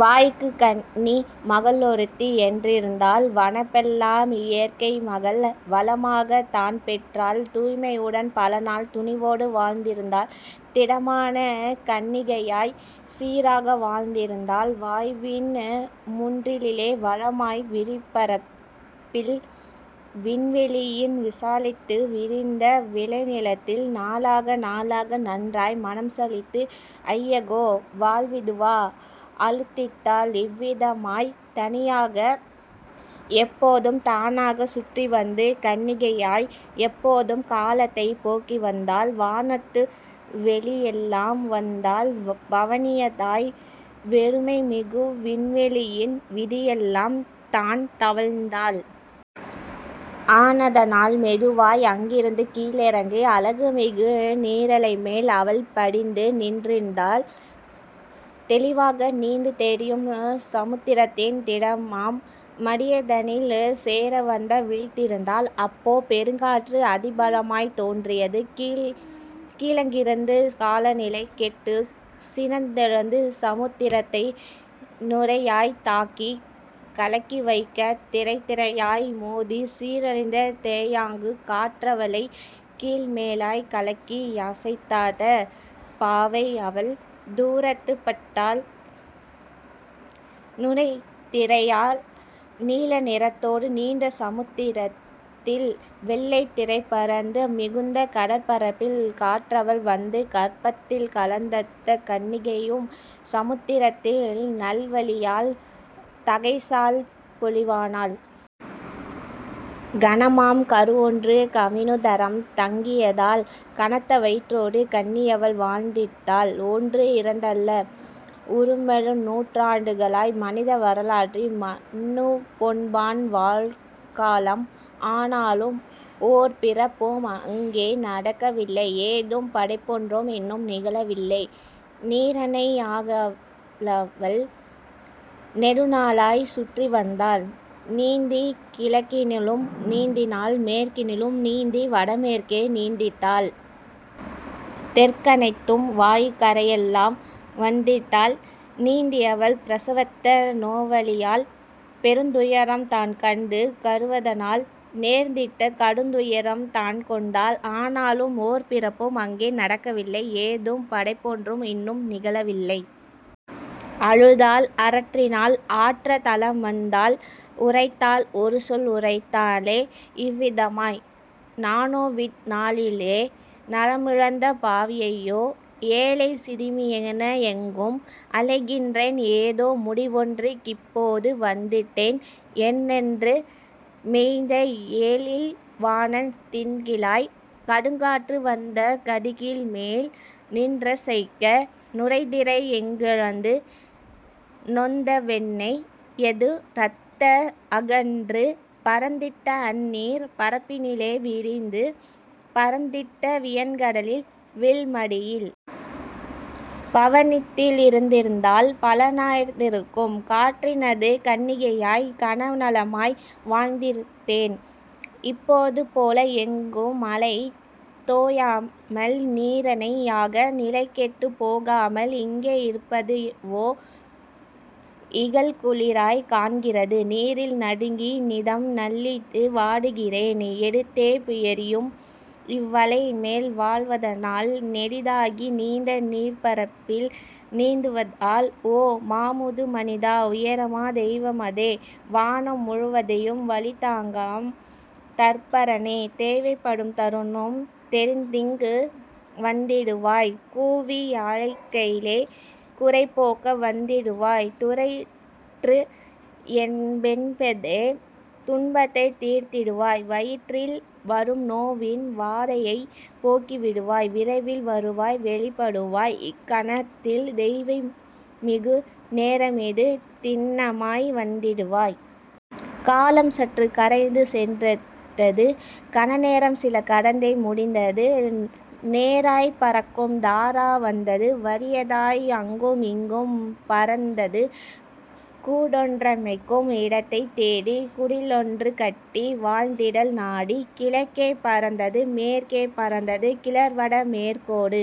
வாயுக்குக் கன்னி மகளொருத்தி யன்றிருந்தாள் வனப்பெல்லாம் இயற்கைமகள் வளமாகத் தான்பெற்றாள் தூய்மையுடன் பலநாள் துணிவோடு வாழ்ந்திருந்தாள் திடமான கன்னிகையாய்க் சீராக வாழ்ந்திருந்தாள் வாயுவின் முன்றிலிலே வளமாய் விரிபரப்பில் விண்வெளியின் விசாலித்து விரிந்த விளைநிலத்தில். நாளாக நாளாக நன்றாய் மனம்சலித்து ஐயகோ வாழ்விதுவா அலுத்திட்டாள் இவ்விதமாய் தனியாக எப்போதும் தானாகச் சுற்றிவந்து கன்னிகையாய் எப்போதும் காலத்தைப் போக்கிவந்தாள் வானத்து வெளியெல்லாம் வந்தாள் பவனியதாய் வெறுமைமிகு விண்வெளியின் விதியெல்லாம் தான்தவழ்ந்தாள். ஆனதனால் மெதுவாய் அங்கிருந்து கீழிறங்கி அழகுமிகு நீரலைமேல் அவள்படிந்து நின்றின்டாள் தெளிவாக நீண்டு தெரியும் சமுத்திரத்தின் திடமாம் மடியதனில் சேரவந்து வீழ்த்திருந்தாள். அப்போ பெருங்காற்று அதிபலமாய்த் தோன்றியது கிழக்கிருந்து காலநிலை கெட்டுச் சினந்தெழுந்து சமுத்திரத்தை நுரையாய்த் தாக்கிக் கலக்கிவைக்க திரைதிரையாய் மோதிச் சீரழித்த தேயாங்கு. காற்றவளைக் கீழ்மேலாய்க் கலக்கி யசைத்தாட்ட பாவை யவள்துரத்தப் பட்டாள் நுரைதிரையால் நீல நிறத்தோடு நீண்ட சமுத்திரத்தில் வெள்ளைத் திரைபரந்து மிகுந்த கடற்பரப்பில் காற்றவள் வந்து கர்ப்பத்தில் கலந்தந்தக் கன்னிகையும் சமுத்திரத்தின் நல்வலியால் தகைசால் பொலிவானாள். கனமாம் கருவொன்று கவினுதரம் தங்கியதால் கனத்த வயிற்றோடு கன்னியவள் வாழ்ந்திட்டாள் ஒன்று இரண்டல்ல உறுமெழுநூற்றாண்டுகளாய் மனித வரலாற்றில் மன்னுபொன்பான் வாழ்காலம் ஆனாலும் ஓர்பிறப்பும் அங்கே நடக்கவில்லை ஏதும் படைப்பொன்றும் இன்னும் நிகழவில்லை. நீரன்னை யாகவவள் நெடுநாளாய்ச் சுற்றிவந்தாள் நீந்திக் கிழக்கினிலும் நீந்தினாள் மேற்கினிலும் நீந்தி வடமேற்கே நீந்திட்டாள் தெற்கனைத்தும் வாயுக் கரையெல்லாம் வந்திட்டாள் நீந்தியவள் பிரசவத்து நோவலியால் பெருந்துயரம் தான்கண்டு கருவதனால் நேர்ந்திட்ட கடுந்துயரம் தான்கொண்டாள் ஆனாலும் ஓர்பிறப்பும் அங்கே நடக்கவில்லை ஏதும் படைப்பொன்றும் இன்னும் நிகழவில்லை. அழுதாள் அரற்றினாள் ஆற்ற தலமந்தாள் உரைத்தாள் ஒருசொல் உரைத்தாளே இவ்விதமாய்: நானோவிந் நாளினிலே நலமிழந்த பாவியையோ ஏழைச் சிறுமியென எங்கும் அலைகின்றேன் ஏதோ முடிவொன்றுக் கிப்போது வந்திட்டேன் என்றென்று மேய்ந்த எழில்வானத் தின்கீழாய் கடுங்காற்று வந்து கதிகீழ்மேல் நின்றசைக்க நுரைதிரை யிங்கெழுந்து நொந்தவென்னை யேதுரத்த அகன்று பரந்திட்ட அந்நீர்ப் பரப்பினிலே விரிந்து பரந்திட்ட வியன்கடலின் வீழ்மடியில். பவனத்தி லிருந்திருந்தால் பலனாயிருந்திருக்கும் காற்றினது கன்னிகையாய் கனநலமாய் வாழ்ந்திருப்பேன் இப்போது போல எங்குமலைந் தோயாமல் நீரனை யாக நிலைகெட்டுப் போகாமல்: இங்கே யிருப்பதுவோ இகல்குளிராய்க் காண்கிறது நீரில் நடுங்கி நிதம்நலிந்து வாடுகிறேன் எடுத்தே யெறியும் இவ்வலைமேல் வாழ்வதனால் நெடிதாகி நீண்ட நீர்ப்பரப்பில் நீந்துவதால். ஓ மாமுதுமனிதா உயரமா தெய்வமதே வானம் முழுவதையும் வலிதாங்காம் தற்பரனே தேவைப்படும்தருணம் தெரிந்திங்கு வந்திடுவாய் கூவி யாழைக்கையிலே குறைபோக்க வந்திடுவாய் துறையுற்ற பெண்ணெனது துன்பத்தைத் தீர்த்திடுவாய் வயிற்றில் வரும்நோவின் வாதையைப் போக்கிடுவாய் விரைவில் வருவாய் வெளிப்படுவாய் இக்கணத்தில் தேவைமிகு நேரமிது திண்ணமாய் வந்திடுவாய். காலம் சற்றுக் கரைந்துசென்றிட்டது கணநேரம்சில கடந்தே முடிந்தது நேராய்ப் பறக்கும் தாரா வந்தது வறியதாய் அங்கும் இங்கும் பறந்தது கூடொன்றமைக்கும் இடத்தைத் தேடி குடிலொன்று கட்டி வாழ்ந்திடல் நாடி. கிழக்கே பறந்தது மேற்கே பறந்தது கிளர்வட மேற்கோடு